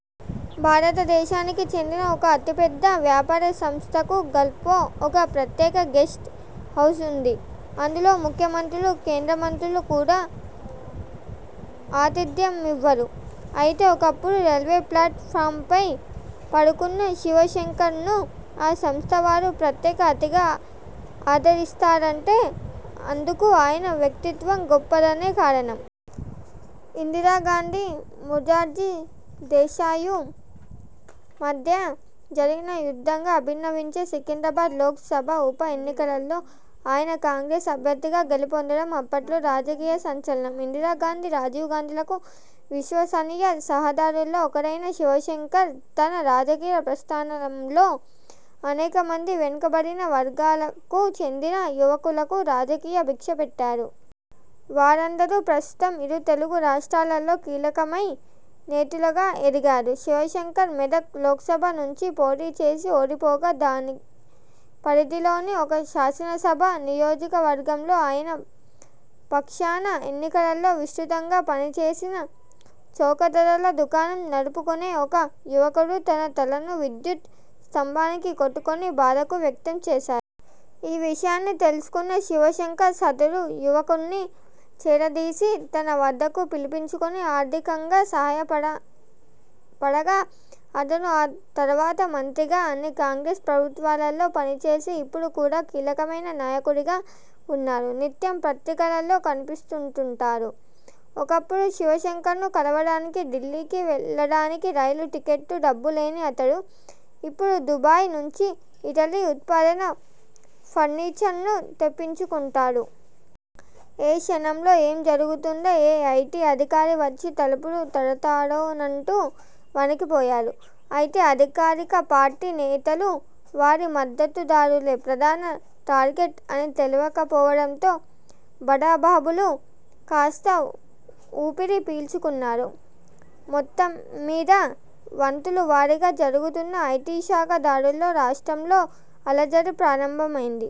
భారతదేశానికి చెందిన ఒక అతి పెద్ద వ్యాపార సంస్థకు గల్ఫ్లో ఒక ప్రత్యేక గెస్ట్ హౌజ్ ఉంది. అందులో ముఖ్యమంత్రులు, కేంద్ర మంత్రులు కూడా ఆతిథ్యమివ్వరు. అయితే ఒకప్పుడు రైల్వే ప్లాట్ ఫారంపై పడుకున్న శివశంకర్ను ఆ సంస్థ వారు ప్రత్యేక అథిగా ఆదరిస్తారంటే అందుకు ఆయన వ్యక్తిత్వం, గొప్పదనమే కారణం. ఇందిరా గాంధీ, మొరార్జీ దేశాయ్కు మధ్య జరిగిన యుద్ధంగా అభివర్ణించే సికింద్రాబాద్ లోక్ సభ ఉప ఎన్నికలలో ఆయన కాంగ్రెస్ అభ్యర్థిగా గెలుపొందడం అప్పట్లో రాజకీయ సంచలనం. ఇందిరా గాంధీ, రాజీవ్ గాంధీలకు విశ్వసనీయ సలహాదారులలో ఒకరైన శివశంకర్ తన రాజకీయ ప్రస్థానంలో అనేక మంది వెనుకబడిన వర్గాలకు చెందిన యువకులకు రాజకీయ భిక్ష పెట్టారు. వారందరూ ప్రస్తుతం ఇరు తెలుగు రాష్ట్రాలలో కీలకమైన నేతలుగా ఎదిగారు. శివశంకర్ మెదక్ లోక్సభ నుంచి పోటీ చేసి ఓడిపోగా దాని పరిధిలోని ఒక శాసనసభ నియోజకవర్గంలో ఆయన పక్షాన ఎన్నికలలో విస్తృతంగా పని చేసిన చౌకధరల దుకాణం నడుపుకొనే ఒక యువకుడు తన తలను విద్యుత్ స్తంభానికి కొట్టుకొని బాధను వ్యక్తం చేశారు. ఈ విషయాన్ని తెలుసుకున్న శివశంకర్ సదరు యువకుణ్ణి చేరదీసి తన వద్దకు పిలిపించుకొని ఆర్థికంగా సహాయపడగా అతను ఆ తర్వాత మంత్రిగా అన్ని కాంగ్రెస్ ప్రభుత్వాలలో పనిచేసి ఇప్పుడు కూడా కీలకమైన నాయకుడుగా వున్నారు. నిత్యం పత్రికలలో కనిపిస్తుంటారు. ఒకప్పుడు శివశంకర్ను కలవడానికి ఢిల్లీకి వెళ్ళడానికి రైలు టిక్కెట్కు డబ్బు లేని అతను ఇప్పుడు దుబాయి నుంచి ఇటలీ ఉత్పాదన ఫర్నీచర్ను తెప్పించుకొంటాడు. ఏ క్షణంలో ఏం జరుగుతుందో, ఏ ఐటీ అధికారి వచ్చి తలుపు తడతాడోనంటూ వణికిపోయారు. అయితే అధికార పార్టీ నేతలు, వారి మద్దతుదారులే ప్రధాన టార్గెట్ అని తేలిపోవడంతో బడాబాబులు కాస్త ఊపిరి పీల్చుకున్నారు. మొత్తమ్మీద వంతుల వారీగా జరుగుతున్న ఐటీశాఖ దాడులతో రాష్ట్రంలో అలజడి ప్రారంభమైంది.